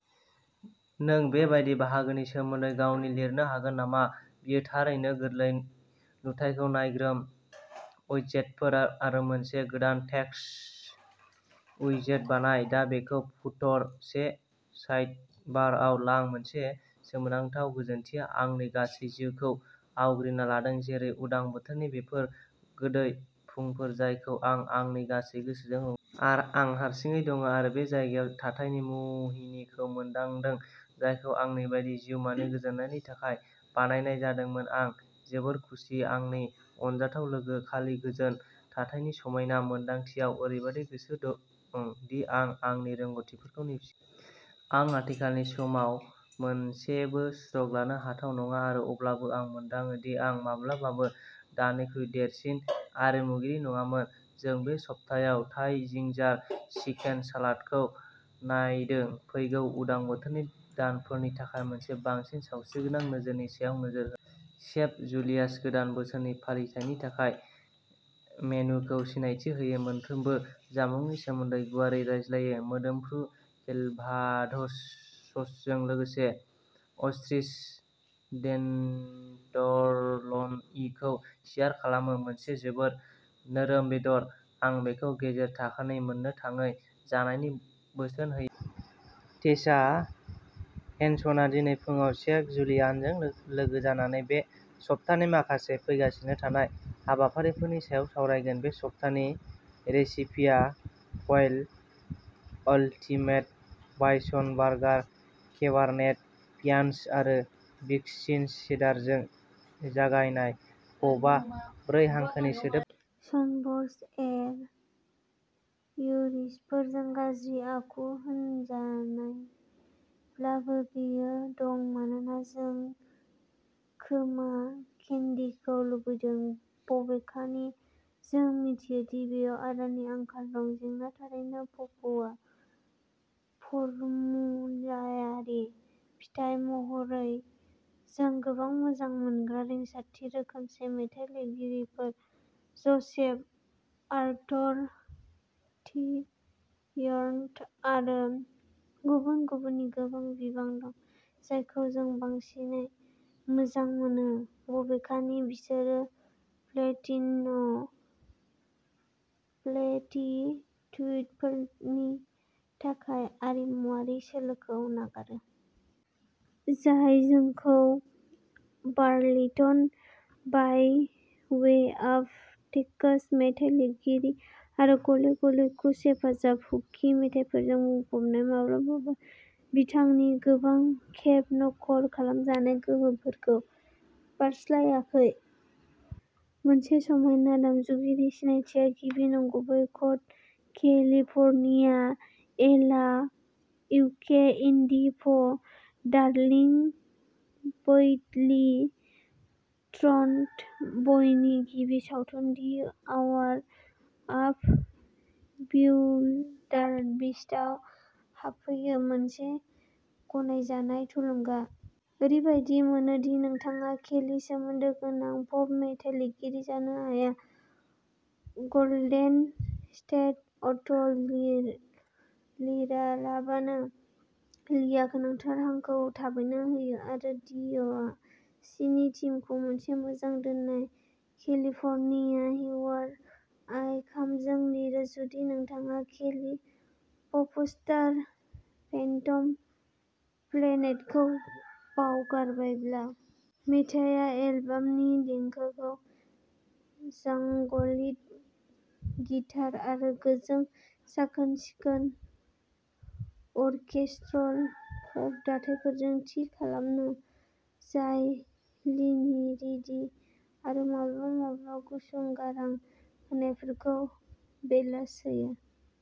नों बे बायदि बाहागोनि सोमोन्दै गावनि लिरनो हागोन नामा? बेयो थारैनो गोरलै। नुथाइखौ नायग्रोम उइजेतफोर आरो मोनसे गोदान टेक्सट उइजेट बानाय। दा बेखौ फुटर से साइडबारआव लां। मोनसे सोमोनांथाव गोजोनथिया आंनि गासै जिउखौ आवग्रिना लादों, जेरै उदां बोथोरनि बेफोर गोदै फुंफोर जायखौ आं आंनि गासै गोसोजों। आर आं हारसिङै दं, आरो बे जायगायाव थाथायनि मुहिनिखौ मोनदांदों, जायखौ आंनि बायदि जिउमानि गोजोननायनि थाखाय बानायनाय जादोंमोन। आं जोबोद खुसि, आंनि अनजाथाव लोगो, खालि गोजोन थाथायनि समायना मोनदांथियाव ओरैबादि गोसो गुदुं, दि आं आंनि रोंग'थिफोरखौ नेवसियो। आं आथिखालनि समाव मोनसेबो स्ट्र'क लानो हाथाव नङा; आरो अब्लाबो आं मोनदाङो दि आं माब्लाबाबो दानिख्रुइ देरसिन आरिमुगिरि नङामोन। जों बे सप्तायाव थाइ जिंजार चिकेन सालादखौ नायदों, फैगौ उदां बोथोरनि दानफोरनि थाखाय मोनसे बांसिन सावस्रिगोनां नोजोरनि सायाव नोजोर। Chef Julius. गोदान बोसोरनि फालिथायनि थाखाय मेनुखौ सिनायथि होयो, मोनफ्रोमबो जामुंनि सोमोन्दै गुवारै रायज्लायो। मोदोमफ्रु केलभाडोस ससजों लोगोसे अस्ट्रिच टेन्डरलइनखौ सियार खालामो। मोनसे जोबोद नोरोम बेदर, आं बेखौ गेजेर थाखोनि मोननो थाङै जानायनि बोसोन होयो। टेसा हेनसनआ दिनै फुंआव शेफ जुलियासजों लो लोगो जानानै बे सप्तानि माखासे फैगासिनो थानाय हाबाफारिफोरनि सायाव सावरायगोन। बे सप्तानि रेसिपिया quail. Ultimate bison burger! Cabernet पियान्स आरो विस्कन्सिन चेडारजों जगायनाय। पपआ ब्रै हांखोनि सोदोब। स्नब्स, एर, प्युरिस्टफोरजों गाज्रि आखु होजानायब्लाबो, बेयो दं मानोना जों खोमा केन्डीखौ लुबैदों, बबेखानि जों मिथियो दि बेयाव आदारनि आंखाल दं। जेंना, थारैनो, पपआ फर्मुलायारि। फिथाय महरै जों गोबां मोजां मोनग्रा रिंसारथि रोखोमसे मेथाइ लिरगिरिफोर ज'सेफ आर्थर, पीट यर्न, आरो गुबुन गुबुननि गोबां बिबां दं, जायखौ जों बांसिनै मोजां मोनो, बबेखानि बिसोरो प्लेटिनम प्लेटिट्युडफोरनि थाखाय आरिमुआरि सोलोखौ नागारो। जाय जोंखौ बार्लिंटन बाय वे आफ टेक्सास मेथाइ लिरगिरि आरो गले गले कुश हेफाजाब हुकि मिथाइफोरजों बुंफबनाय, माब्लाबाबो बिथांनि गोबां खेब नखल खालामजानाय गोहोमफोरखौ बारस्लायाखै। मोनसे समायना दामजुआरि सिनायथिआ गिबि नंगुबै काट, केलिफर्निया ए ला इउके indie pop darling badly drawn बयनि गिबि सावथुन, दि आवार अफ बिउइल्डारबिस्टआव हाबहैयो, मोनसे गनायजानाय थुलुंगा। ओरैबायदि मोनो दि नोंथाङा केलि सोमोन्दो गोनां पप मेथाइ लिरगिरि जानो हाया गल्डेन स्टेट अ'ड लि लिरालाबानो। लिआ गोनांथार हांखौ थाबैनो होयो आरो दि अ सिनि थीमखौ मोनसे मोजाङै दोननाय केलिफर्निया, हियर आइ कामजों लिरो जुदि नोंथाङा केलि प'पस्टार फेन्टम प्लेनेटखौ बावगारबायब्ला। मेथाइया एलबामनि देंखोखौ जांगलि गिटार आरो गोजों, साखोन सिखोन अर्केस्ट्रल पप दाथायफोरजों थि खालामो जाय लीनि रिडी आरो माब्लाबा माब्लाबा गुसुं गारां होनायफोरखौ बेलास्ट होयो।